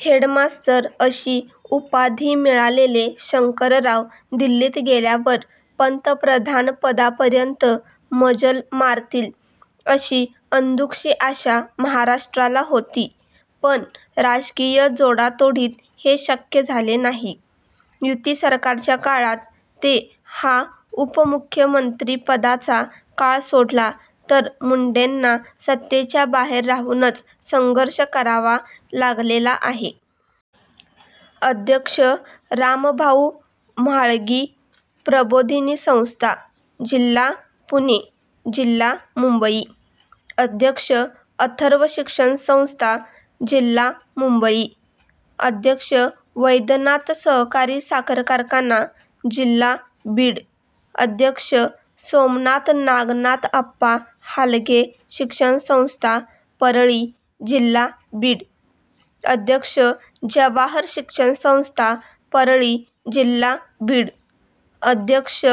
Head मास्तर अशी उपाधी मिळालेले शंकरराव दिल्लीत गेल्यावर पन्तप्रधानपदापर्यंत मजल मारतील, अशी अंधूकशी आशा महाराष्ट्राला होती; पण राजकीय जोडातोडीत हे शक्य झाले नाही. युती सरकारच्या काळात ते हा उपमुख्यमंत्रीपदाचा काळ सोडला तर मुंडेंना सत्तेच्या बाहेर राहूनच संघर्ष करावा लागलेला आहे. अध्यक्ष: रामभाऊ म्हाळगी प्रबोधिनी संस्था, जिल्हा पुणे ,जिल्हा मुंबई अध्यक्ष: अथर्व शिक्षण संस्था, जिल्हा मुंबई अध्यक्ष: वैद्यनाथ सहकारी साखर कारखाना, जिल्हा बीड अध्यक्ष: सोमनाथ नागनाथअप्पा हालगे शिक्षण संस्था, परळी जिल्हा बीड अध्यक्ष: जवाहर शिक्षण संस्था, परळी जिल्हा बीड अध्यक्ष: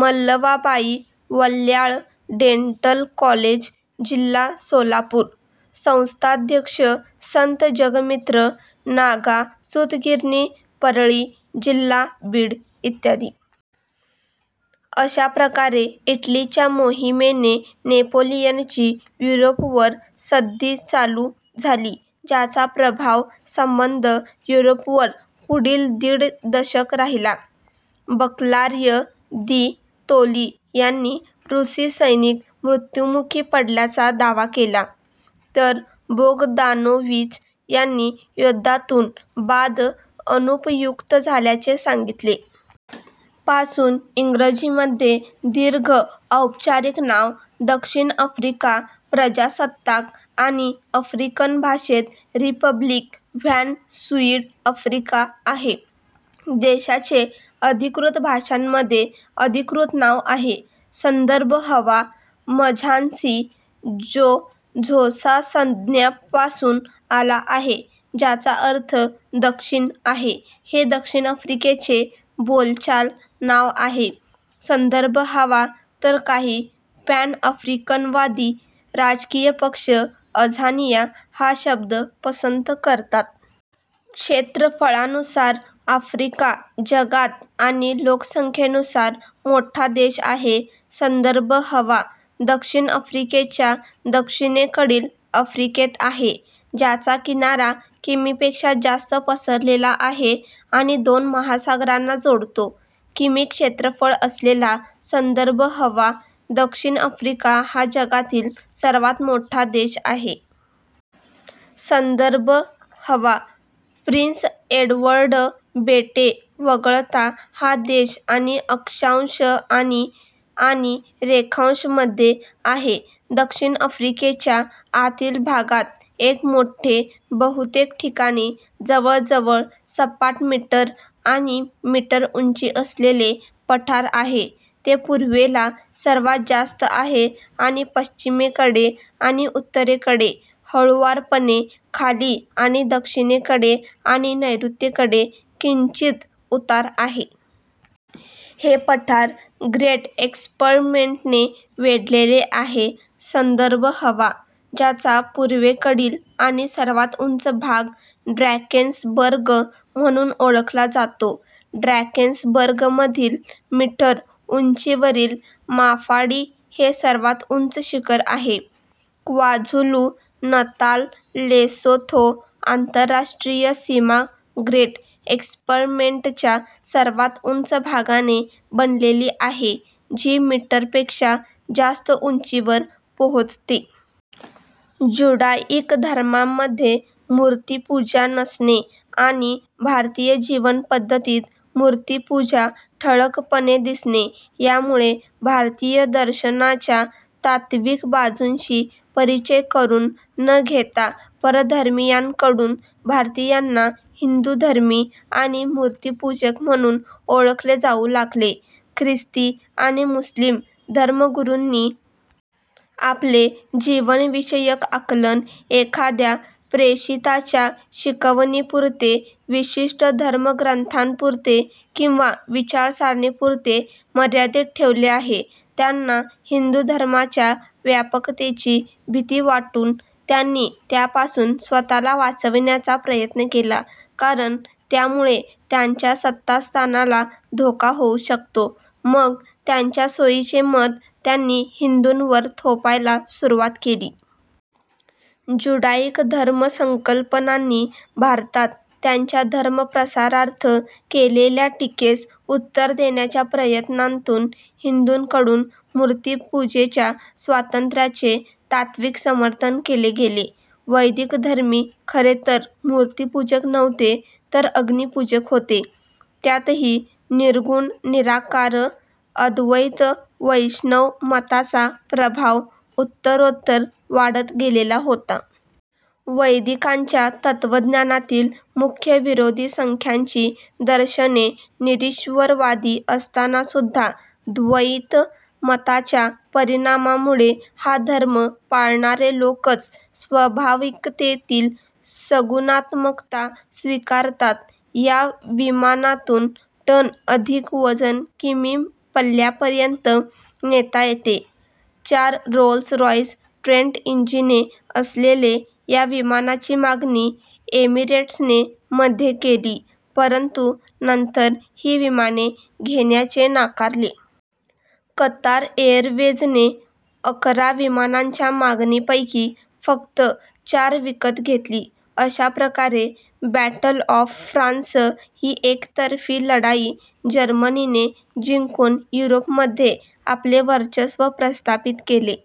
मल्लवाबाई वल्ल्याळ डेंटल कॉलेज, जिल्हा सोलापूर संस्थाध्यक्ष: संत जगमित्र नागा सुतगिरणी, परळी जिल्हा बीड इ. अशा प्रकारे इटलीच्या मोहिमेने नेपोलियनची युरोपवर सद्दी चालू झाली ज्याचा प्रभाव संबध युरोपवर पुढील दीड दशक राहिला. बर्क्लाय दि तोली यांनी रूसी सैनिक मृत्युमुखी पडल्याचा दावा केला, तर बोगदानोविच यांनी युद्धातून बाद अनुपयुक्त झाल्याचे सांगितले. पासून, इंग्रजीमध्ये दीर्घ औपचारिक नाव "दक्षिण आफ्रिका प्रजासत्ताक" आणि आफ्रिकन भाषेत रिपब्लिक व्हॅन सुइड-आफ्रिका आहे. देशाचे अधिकृत भाषांमध्ये अधिकृत नाव आहे. संदर्भ हवा मझान्सी, जो झोसा संज्ञा पासून आला आहे ज्याचा अर्थ "दक्षिण" आहे, हे दक्षिण आफ्रिकेचे बोलचाल नाव आहे, संदर्भ हवा तर काही पॅन-आफ्रिकनवादी राजकीय पक्ष "अझानिया" हा शब्द पसंत करतात. क्षेत्रफळानुसार आफ्रिका जगात आणि लोकसंख्येनुसार मोठा देश आहे. संदर्भ हवा दक्षिण आफ्रिकेच्या दक्षिणेकडील आफ्रिकेत आहे, ज्याचा किनारा किमी पेक्षा जास्त पसरलेला आहे आणि दोन महासागरांना जोडतो. किमी क्षेत्रफळ असलेला, संदर्भ हवा दक्षिण आफ्रिका हा जगातील सर्वात मोठा देश आहे. संदर्भ हवा प्रिन्स एडवर्ड बेटे वगळता, हा देश आणि अक्षांश आणि आणि रेखांशांमध्ये आहे. दक्षिण आफ्रिकेच्या आतील भागात एक मोठे, बहुतेक ठिकाणी जवळजवळ सपाट, मीटर आणि मीटर उंची असलेले पठार आहे. ते पूर्वेला सर्वात जास्त आहे आणि पश्चिमेकडे आणि उत्तरेकडे हळूवारपणे खाली आणि दक्षिणेकडे आणि नैऋत्येकडे किंचित उतार आहे. हे पठार ग्रेट एस्कर्पमेंटने वेढलेले आहे. संदर्भ हवा ज्याचा पूर्वेकडील आणि सर्वात उंच भाग ड्रॅकेन्सबर्ग म्हणून ओळखला जातो. ड्रॅकेन्सबर्गमधील मीटर उंचीवरील माफाडी हे सर्वात उंच शिखर आहे. क्वाझुलु-नताल-लेसोथो आंतरराष्ट्रीय सीमा ग्रेट एस्कर्पमेंटच्या सर्वात उंच भागाने बनलेली आहे जी मीटर पेक्षा जास्त उंचीवर पोहोचते. ज्युडायिक धर्मांमध्ये मूर्तिपूजा नसणे आणि भारतीय जीवन पद्धतीत मूर्तिपूजा ठळकपणे दिसणे, यामुळे भारतीय दर्शनांच्या तात्त्विक बाजूंशी परिचय करून न घेताच परधर्मीयांकडून भारतीयांना हिंदुधर्मी आणि मूर्तिपूजक म्हणून ओळखले जाऊ लागले. ख्रिस्ती आणि मुस्लिम धर्मगुरूंनी आपले जीवनविषयक आकलन एखाद्या प्रेषिताच्या शिकवणीपुरते, विशिष्ट धर्मग्रथांपुरते किंवा विचारसरणीपुरते मर्यादित ठेवले आहे, त्यांना हिंदू धर्माच्या व्यापकतेची भीती वाटून त्यांनी त्यापासून स्वतःला वाचविण्याचा प्रयत्न केला, कारण त्यामुळे त्यांच्या सत्तास्थानाला धोका होऊ शकतो; मग त्यांच्या सोईचे मत त्यांनी हिंदूंवर थोपायला सुरुवात केली. ज्युडायिक धर्म संकल्पनांनी भारतात त्यांच्या धर्मप्रसारार्थ केलेल्या टीकेस उत्तर देण्याच्या प्रयत्नांतून हिंदूंकडून मूर्तिपूजेच्या स्वातंत्र्याचे तात्त्विक समर्थन केले गेले. वैदिकधर्मी खरेतर मूर्तिपूजक नव्हते, तर अग्निपूजक होते. त्यातही निर्गुण निराकार अद्वैत वैष्णव मताचा प्रभाव उत्तरोत्तर वाढत गेलेला होता. वैदिकांच्या तत्त्वज्ञानातील मुख्य विरोधी सांख्यांची दर्शने निरीश्वरवादी असतानासुद्धा द्वैत मताच्या परिणामामुळे हा धर्म पाळणारे लोकच स्वाभाविकतेतील सगुणात्मकता स्वीकारतात. या विमानातून टन अधिक वजन किमी पल्ल्यापर्यंत नेता येते. चार रोल्स रॉइस ट्रेंट इंजिने असलेले या विमानाची मागणी एमिरेट्सने मध्ये केली परंतु नंतर ही विमाने घेण्याचे नाकारले. कतार एरवेझने अकरा विमानांच्या मागणीपैकी फक्त चार विकत घेतली.। अशाप्रकारे बॅटल ऑफ फ्रान्स ही एकतर्फी लढाई जर्मनीने जिंकून युरोपमध्ये आपले वर्चस्व प्रस्थापित केले.